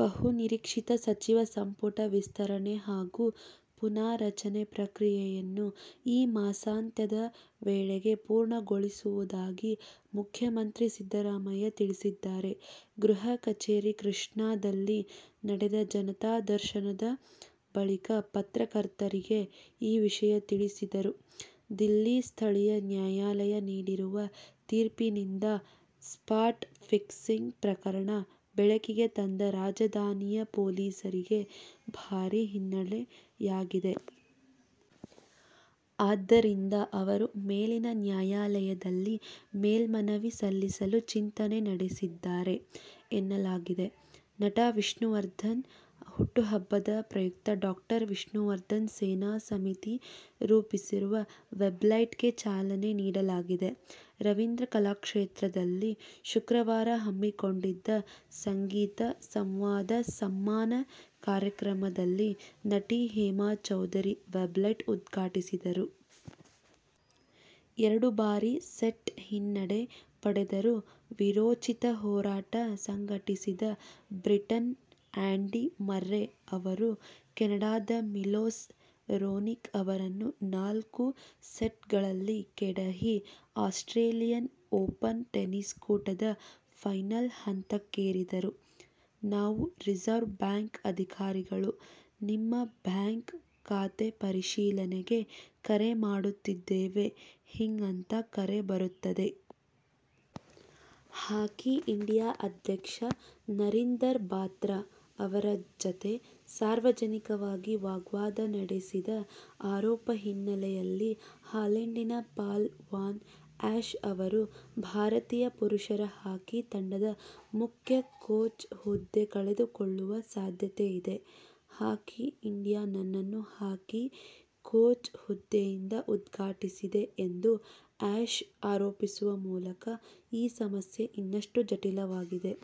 ಬಹು ನಿರೀಕ್ಷಿತ ಸಚಿವ ಸಂಪುಟ ವಿಸ್ತರಣೆ ಹಾಗೂ ಪುನಾರಚನೆ ಪ್ರಕ್ರಿಯೆಯನ್ನು ಈ ಮಾಸಾಂತ್ಯದ ವೇಳೆಗೆ ಪೂರ್ಣಗೊಳಿಸುವುದಾಗಿ ಮುಖ್ಯಮಂತ್ರಿ ಸಿದ್ದರಾಮಯ್ಯ ತಿಳಿಸಿದ್ದಾರೆ. ಗೃಹ ಕಚೇರಿ ಕೃಷ್ಣಾದಲ್ಲಿ ನಡೆದ ಜನತಾ ದರ್ಶನದ ಬಳಿಕ ಪತ್ರಕರ್ತರಿಗೆ ಈ ವಿಷಯ ತಿಳಿಸಿದರು. ದಿಲ್ಲಿ ಸ್ಥಳೀಯ ನ್ಯಾಯಾಲಯ ನೀಡಿರುವ ತೀರ್ಪಿನಿಂದ ಸ್ಪಾಟ್ ಫಿಕ್ಸಿಂಗ್ ಪ್ರಕರಣ ಬೆಳಕಿಗೆ ತಂದ ರಾಜಧಾನಿಯ ಪೊಲೀಸರಿಗೆ ಭಾರೀ ಹಿನ್ನಡೆಯಾಗಿದೆ. ಆದ್ದರಿಂದ ಅವರು ಮೇಲಿನ ನ್ಯಾಯಾಲಯದಲ್ಲಿ ಮೇಲ್ಮನವಿ ಸಲ್ಲಿಸಲು ಚಿಂತನೆ ನಡೆಸಿದ್ದಾರೆ ಎನ್ನಲಾಗಿದೆ. ನಟ ವಿಷ್ಣುವರ್ಧನ್ ಹುಟ್ಟುಹಬ್ಬದ ಪ್ರಯುಕ್ತ ಡಾ. ವಿಷ್ಣುವರ್ಧನ್ ಸೇನಾ ಸಮಿತಿ ರೂಪಿಸಿರುವ ವೆಬ್ಸೈಟ್ಗೆ ಚಾಲನೆ ನೀಡಲಾಗಿದೆ. ರವೀಂದ್ರ ಕಲಾಕ್ಷೇತ್ರದಲ್ಲಿ ಶುಕ್ರವಾರ ಹಮ್ಮಿಕೊಂಡಿದ್ದ ಸಂಗೀತ, ಸಂವಾದ, ಸಮ್ಮಾನ ಕಾರ್ಯಕ್ರಮದಲ್ಲಿ ನಟಿ ಹೇಮಾ ಚೌಧರಿ ವೆಬ್ಸೈಟ್ ಉದ್ಘಾಟಿಸಿದರು. ಎರಡು ಬಾರಿ ಸೆಟ್ ಹಿನ್ನಡೆ ಪಡೆದರೂ ವೀರೋಚಿತ ಹೋರಾಟ ಸಂಘಟಿಸಿದ ಬ್ರಿಟನ್ನ ಆ್ಯಂಡಿ ಮರ್ರೆ ಅವರು ಕೆನಡದ ಮಿಲೋಸ್ ರೋನಿಕ್ ಅವರನ್ನು ನಾಲ್ಕು ಸೆಟ್ಗಳಲ್ಲಿ ಕೆಡಹಿ ಆಸ್ಟ್ರೇಲಿಯನ್ ಓಪನ್ ಟೆನಿಸ್ ಕೂಟದ ಫೈನಲ್ ಹಂತಕ್ಕೇರಿದರು. ನಾವು ರಿಸರ್ವ್ ಬ್ಯಾಂಕ್ ಅಧಿಕಾರಿಗಳು. ನಿಮ್ಮ ಬ್ಯಾಂಕ್ ಖಾತೆ ಪರಿಶೀಲನೆಗೆ ಕರೆ ಮಾಡುತ್ತಿದ್ದೇವೆ- ಹೀಗಂತ ಕರೆ ಬರುತ್ತದೆ. ಹಾಕಿ ಇಂಡಿಯಾ ಅಧ್ಯಕ್ಷ ನರೀಂದರ್ ಬಾತ್ರಾ ಅವರ ಜತೆ ಸಾರ್ವಜನಿಕವಾಗಿ ವಾಗ್ವಾದ ನಡೆಸಿದ ಆರೋಪ ಹಿನ್ನೆಲೆಯಲ್ಲಿ ಹಾಲೆಂಡಿನ ಪಾಲ್ ವಾನ್ ಆ್ಯಶ್ ಅವರು ಭಾರತೀಯ ಪುರುಷರ ಹಾಕಿ ತಂಡದ ಮುಖ್ಯ ಕೋಚ್ ಹುದ್ದೆ ಕಳೆದುಕೊಳ್ಳುವ ಸಾಧ್ಯತೆಯಿದೆ. ಹಾಕಿ ಇಂಡಿಯಾ ನನ್ನನ್ನು ಹಾಕಿ ಕೋಚ್ ಹುದ್ದೆಯಿಂದ ಉಚ್ಛಾಟಿಸಿದೆ ಎಂದು ಆ್ಯಶ್ ಆರೋಪಿಸುವ ಮೂಲಕ ಈ ಸಮಸ್ಯೆ ಇನ್ನಷ್ಟು ಜಟಿಲವಾಗಿದೆ.